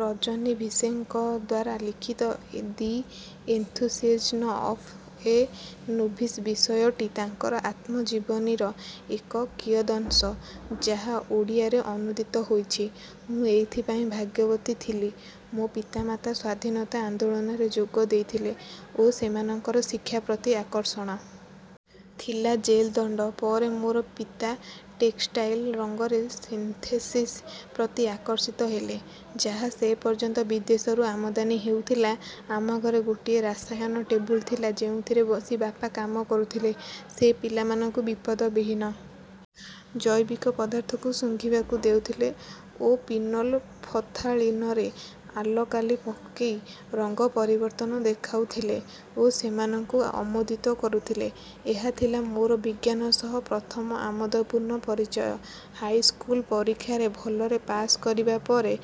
ରଜନୀ ଭିସେଙ୍କଦ୍ୱାରା ଲିଖିତ the enthusiasm of a novice ବିଷୟଟି ତାଙ୍କର ଆତ୍ମଜୀବନୀର ଏକ କିୟଦଂଶ ଯାହା ଓଡ଼ିଆରେ ଅନୁଦିତ ହୋଇଛି। ମୁଁ ଏଇଥି ପାଇଁ ଭାଗ୍ୟବତୀ ଥିଲି ମୋ ପିତାମାତା ସ୍ୱାଧୀନତା ଆନ୍ଦୋଳନରେ ଯୋଗ ଦେଇଥିଲେ ଓ ସେମାନଙ୍କର ଶିକ୍ଷା ପ୍ରତି ଆକର୍ଷଣ ଥିଲା ଜେଲ ଦଣ୍ଡ ପରେ ମୋର ପିତା ଟେକ୍ସଟାଇଲ ରଙ୍ଗର ସିନ୍ଥେସିସ ପ୍ରତି ଆକର୍ଷିତ ହେଲେ ଯାହା ସେ ପର୍ଯ୍ୟନ୍ତ ବିଦେଶରୁ ଆମଦାନୀ ହେଉଥିଲା। ଆମ ଘରେ ଗୋଟିଏ ରସାୟନ ଟେବୁଲ ଥିଲା ଯେଉଁଥିରେ ବସି ବାପା କାମ କରୁଥିଲେ ସେ ପିଲାମାନଙ୍କୁ ବିପଦ ବିହୀନ। ଜୈବିକ ପଦାର୍ଥକୁ ଶୁଙ୍ଘିବାକୁ ଦେଉଥିଲେ ଓ ପିନୋଲଫଥାଳୀନରେ ଆଲକାଲି ପକେଇ ରଙ୍ଗ ପରିବର୍ତ୍ତନ ଦେଖାଉଥିଲେ ଓ ସେମାନଙ୍କୁ ଆମୋଦିତ କରୁଥିଲେ। ଏହା ଥିଲା ମୋର ବିଜ୍ଞାନ ସହ ପ୍ରଥମ ଆମୋଦପୂର୍ଣ୍ଣ ପରିଚୟ ହାଇ ସ୍କୁଲ ପରୀକ୍ଷାରେ ଭଲରେ ପାସ କରିବା ପରେ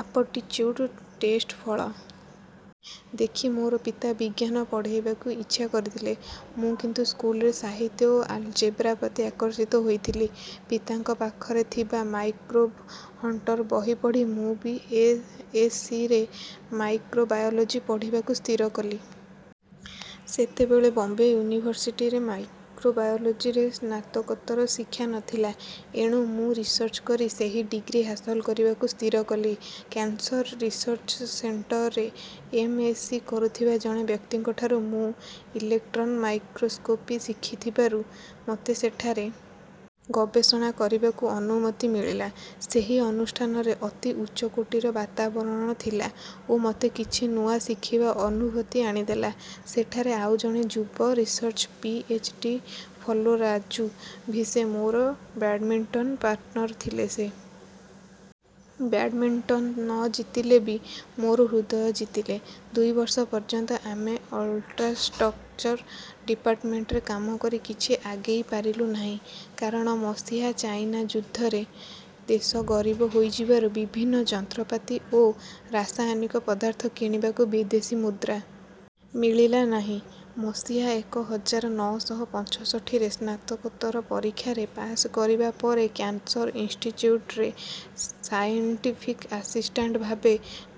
ଆପଟିଚ୍ୟୁଡ ଟେଷ୍ଟ ଫଳ। ଦେଖି ମୋର ପିତା ମୋତେ ବିଜ୍ଞାନ ପଢେଇବାକୁ ଇଚ୍ଛା କରିଥିଲେ। ମୁଁ କିନ୍ତୁ ସ୍କୁଲରେ ସାହିତ୍ୟ ଓ ଆଲଜେବ୍ରା ପ୍ରତି ଆକର୍ଷିତ ହୋଇଥିଲି ।ପିତାଙ୍କ ପାଖରେ ଥିବା ମାଇକ୍ରୋବ ହଣ୍ଟର ବହି ପଢି ମୁଁ ବି ଏସ ସି ରେ ମାଇକ୍ରୋବାୟୋଲୋଜି ପଢିବାକୁ ସ୍ଥିର କଲି। ସେତେବେଳେ ବମ୍ବେ ୟୁନିଭରସିଟିରେ ମାଇକ୍ରୋବାୟୋଲୋଜୀରେ ସ୍ନାତକୋତ୍ତର ଶିକ୍ଷା ନ ଥିଲା। ଏଣୁ ମୁଁ ରିସର୍ଚ୍ଚ କରି ସେହି ଡିଗ୍ରୀ ହାସଲ କରିବାକୁ ସ୍ଥିର କଲି। କ୍ୟାନସର ରିସର୍ଚ୍ଚ ସେଣ୍ଟରରେ ଏମ ଏସ ସି କରୁଥିବା ଜଣେ ବ୍ୟକ୍ତିଙ୍କଠାରୁ ମୁଁ ଇଲେକଟ୍ରନ ମାଇକ୍ରୋସ୍କୋପି ଶିଖିଥିବାରୁ ମୋତେ ସେଠାରେ ଗବେଷଣା କରିବାକୁ ଅନୁମତି ମିଳିଲା ସେହି ଅନୁଷ୍ଠାନରେ ଅତି ଉଚ୍ଚକୋଟୀର ବାତାବରଣ ଥିଲା ଓ ମୋତେ କିଛି ନୂଆ ଶିଖିବା ଅନୁଭୂତି ଆଣିଦେଲା। ସେଠାରେ ଆଉ ଜଣେ ଯୁବ research P H D fellow Raju Bhise ମୋର ବ୍ୟାଡମିଣ୍ଟନ ପାର୍ଟନର ଥିଲେ ସେ। ବ୍ୟାଡମିଣ୍ଟନ ନ ଜିତିଳେବି ମୋର ହୃଦୟ ଜିତିଲେ ଦୁଇ ବର୍ଷ ପର୍ଯ୍ୟନ୍ତ ଆମେ ଅଲ୍ଟ୍ରାଷ୍ଟ୍ରକଚର ଡିପାର୍ଟମେଣ୍ଟରେ କାମ କରି କିଛି ଆଗେଇ ପାରିଲୁ ନାହିଁ। କାରଣ ମସିହା ଚାଇନା ଯୁଦ୍ଧରେ ଦେଶ ଗରିବ ହୋଇଯିବାରୁ ବିଭିନ୍ନ ଯନ୍ତ୍ରପାତି ଓ ରାସାୟନିକ ପଦାର୍ଥ କିଣିବାକୁ ବିଦେଶୀ ମୁଦ୍ରା। ମିଳିଲା ନାହିଁ। ମସିହା ଏକ ହଜାର ନଅ ଶହ ପଞ୍ଚଷଠି ରେ ସ୍ନାତକୋତ୍ତର ପରୀକ୍ଷାରେ ପାସ କରିବା ପରେ କ୍ୟାନସର ଇନଷ୍ଟିଚ୍ୟୁଟରେ ସାଇଣ୍ଟିଫିକ ଆସିଷ୍ଟାଣ୍ଟ ଭାବେ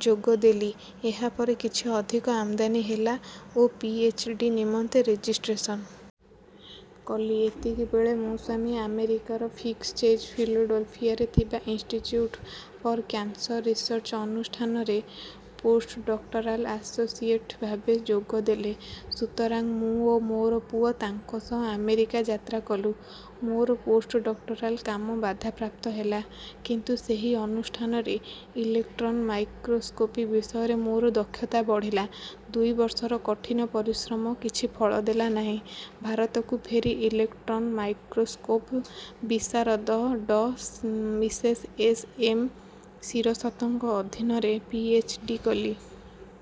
ଯୋଗ ଦେଲି। ଏହା ପରେ କିଛି ଅଧିକ ଆମଦାନୀ ହେଲା ଓ ପି ଏଚ ଡି ନିମନ୍ତେ ରେଜିଷ୍ଟ୍ରେଶନ କଲି। ଏତିକି ବେଳେ ମୋ ସ୍ୱାମୀ ଆମେରିକାର ଫକ୍ସ ଚେଜ ଫିଲାଡେଲଫିଆରେ ଥିବା ଇନଷ୍ଟିଚ୍ୟୁଟ ଫର କ୍ୟାନସର ରିସର୍ଚ୍ଚ ଅନୁଷ୍ଠାନରେ ପୋସ୍ଟଡକ୍ଟରାଲ ଆସୋସିଏଟ ଭାବେ ଯୋଗ ଦେଲେ। ସୁତରାଂ ମୁଁ ଓ ମୋର ପୁଅ ତାଙ୍କ ସହ ଆମେରିକା ଯାତ୍ରା କଲୁ ମୋର ପୋସ୍ଟଡକ୍ଟରାଲ କାମ ବାଧା ପ୍ରାପ୍ତ ହେଲା। କିନ୍ତୁ ସେହି ଅନୁଷ୍ଠାନରେ ଇଲେକଟ୍ରନ ମାଇକ୍ରୋସ୍କୋପି ବିଷୟରେ ମୋର ଦକ୍ଷତା ବଢିଲା ଦୁଇ ବର୍ଷର କଠିନ ପରିଶ୍ରମ କିଛି ଫଳ ଦେଲା ନାହିଁ ।ଭାରତକୁ ଫେରି ଇଲେକଟ୍ରନ ମାଇକ୍ରୋସ୍କୋପ ବିଶାରଦ ଡଃ ମିସେସ ଏସ ଏମ ଶିରସତଙ୍କ ଅଧୀନରେ ପି ଏଚ ଡି କଲି।